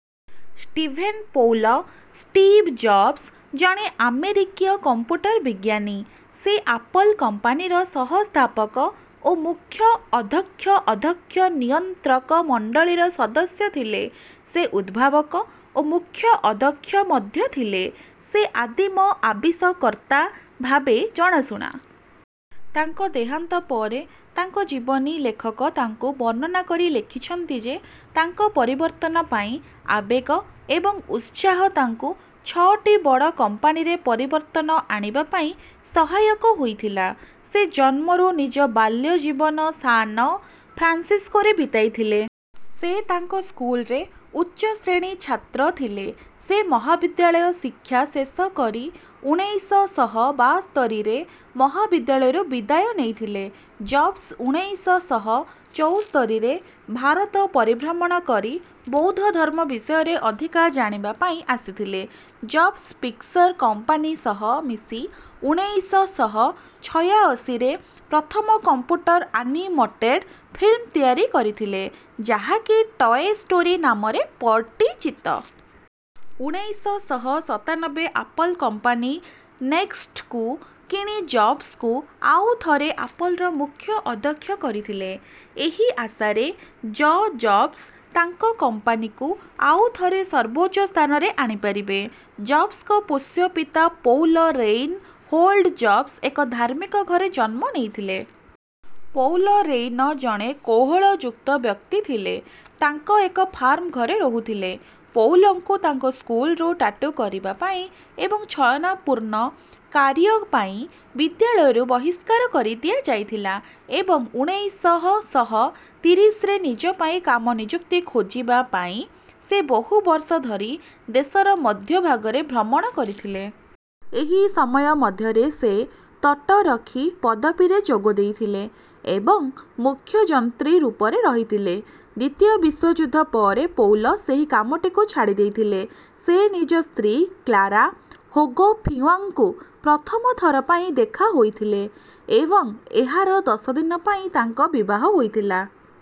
Steven Paul Steve Jobs ଜଣେ ଅମେରିକୀୟ computer ବିଜ୍ଞାନୀ। ସେ ଆପଲ କମ୍ପାନୀର ସହ ସ୍ଥାପକ ଓ ମୁଖ୍ୟ ଅଦ୍ଧକ୍ଷ ଅଦ୍ଧକ୍ଷ ନିୟଂତ୍ରକ ମଣ୍ଡଳିର ସଦସ୍ୟ ଥିଲେ। ସେ. ଉଦ୍ଭାବକ ଓ ମୁଖ୍ୟ ଅଧକ୍ଷ ମଧ୍ୟ ଥିଲେ। ସେ ଆଦିମ ଆବିଷକର୍ତା ଭାବେ ଜଣଶୁଣା। ତାଙ୍କ ଦେହାନ୍ତ ପରେ ତାଙ୍କ ଜୀବନୀ ଲେଖକ ତାଙ୍କୁ ବର୍ଣ୍ଣନା କରି ଲେଖିଛନ୍ତି ଯେ ତାଙ୍କ ପରିବର୍ତନ ପାଇଁ ଆବେଗ ଏବଂ ଉତ୍ସାହ ତାଙ୍କୁ ଛଅଟି ବଡ କମ୍ପାନୀରେ ପରିବର୍ତନ ଆଣିବା ପାଇଁ ସହାୟକ ହୋଇଥିଲା। ସେ ଜନ୍ମରୁ ନିଜ ବାଲ୍ୟ ଜୀବନ ସାନ ଫ୍ରାନ୍ସିସ୍କୋ ରେ ବିତାଇ ଥିଲେ। ସେ ତାଙ୍କ ସ୍କୁଲରେ ଉଚ୍ଚ ଶ୍ରେଣୀ ଛାତ୍ର ଥିଲେ। ସେ ମହାବିଦ୍ୟାଳୟ ଶିକ୍ଷା ଶେଷ କରି ଉଣେଇଶ ଶହ ବାସ୍ତରୀରେ ମହାବିଦ୍ୟାଳୟରୁ ବିଦାୟ ନେଇଥିଲେ। ଜବ୍ସ ଉଣେଇଶ ଶହ ଚଉସ୍ତରୀରେ ଭାରତ ପରିଭ୍ରମଣ କରି ବୋୖଦ୍ଧଧର୍ମ ବିଷୟରେ ଅଧିକା ଜାଣିବା ପାଇଁ ଆସିଥିଲେ। ଜବ୍ସ ପିକ୍ସର କମ୍ପାନୀ ସହ ମିଶି ଉଣେଇଶ ଶହ ଛୟାଅଶୀରେ ପ୍ରଥମ କମ୍ପୁଟର ଆନିମଟେଡ଼ ଫିଲ୍ମ ତିଆରି କରିଥିଲେଯାହା କି ଟଏ ଷ୍ଟୋରି ନାମରେ ପଟିଚିତ। ଉଣେଇଶ ଶହ ସତାନବେ ଆପଲ କମ୍ପାନୀ ନେକ୍ସଟ୍ କୁ କିଣି ଜବ୍ସଙ୍କୁ ଆଉ ଥରେ ଆପଲର ମୁଖ୍ୟ ଅଧକ୍ଷ କରିଥିଲେ, ଏହି ଆଶାରେ ଯ ଜବ୍ସ ତାଙ୍କ କମ୍ପାନୀକୁ ଆଉ ଥରେ ସର୍ବୋଚ୍ଚ ସ୍ଥାନରେ ଆଣି ପାରିବେ। ଜବ୍ସଙ୍କ ପୋଷ୍ୟ ପିତା ପୌଲ ରେଇନ ହୋଲ୍ଡ଼ ଜବ୍ସ ଏକ ଧାର୍ମିକ ଘରେ ଜନ୍ମ ନେଇଥିଲେ। ପୌଲ ରେଇନ ଜଣେ କୋହଳଯୁକ୍ତ ବ୍ୟକ୍ତି ଥିଲେ। ତାଙ୍କ ଏକ ଫାର୍ମଘରେ ରହୁଥିଲେ। ପୌଲଙ୍କୁ ତାଙ୍କ ସ୍କୁଲରୁ ଟାଟୁ କରିବା ପାଇଁ ଏବଂ ଛଳନା ପୂର୍ଣ କାର୍ୟ୍ଯ ପାଇଁ ବିଦ୍ୟାଳୟରୁ ବହିଷ୍କାର କରିଦିଆ ଯାଇଥିଲା ଏବଂ ଉଣେଇଶ ଶହ ଶହ ତିରିଶରେ ନିଜ ପାଇଁ କାମ ନିଯୁକ୍ତି ଖୋଜବା ପାଇଁ ସେ ବହୁ ବର୍ଷ ଧରି ଦେଶର ମଧ୍ୟ ଭାଗରେ ଭ୍ରମଣ କରିଥିଲେ। ଏହି ସମୟ ମଧ୍ୟରେ ସେ ତଟରକ୍ଷୀ ପଦବୀରେ ଯୋଗ ଦେଇଥିଲେ ଏବଂ ମୁଖ୍ୟ ଯନ୍ତ୍ରୀ ରୂପରେ ରହିଥିଲେ। ଦ୍ୱିତୀୟ ବିଶ୍ୱ ଯୁଦ୍ଧ ପରେ ପୌଲ ସେହି କାମ ଟିକୁ ଛାଡି ଦେଇଥିଲେ। ସେ ନିଜ ସ୍ତ୍ରୀ କ୍ଳାରା ହୋଗଫିୱାଂଙ୍କୁ ପ୍ରଥମ ଥର ପାଇଁ ଦେଖା ହୋଇଥିଲେ ଏବଂ ଏହାର ଦଶ ଦିନ ପାଇଁ ତାଙ୍କ ବିବାହ ହୋଇଥିଲ।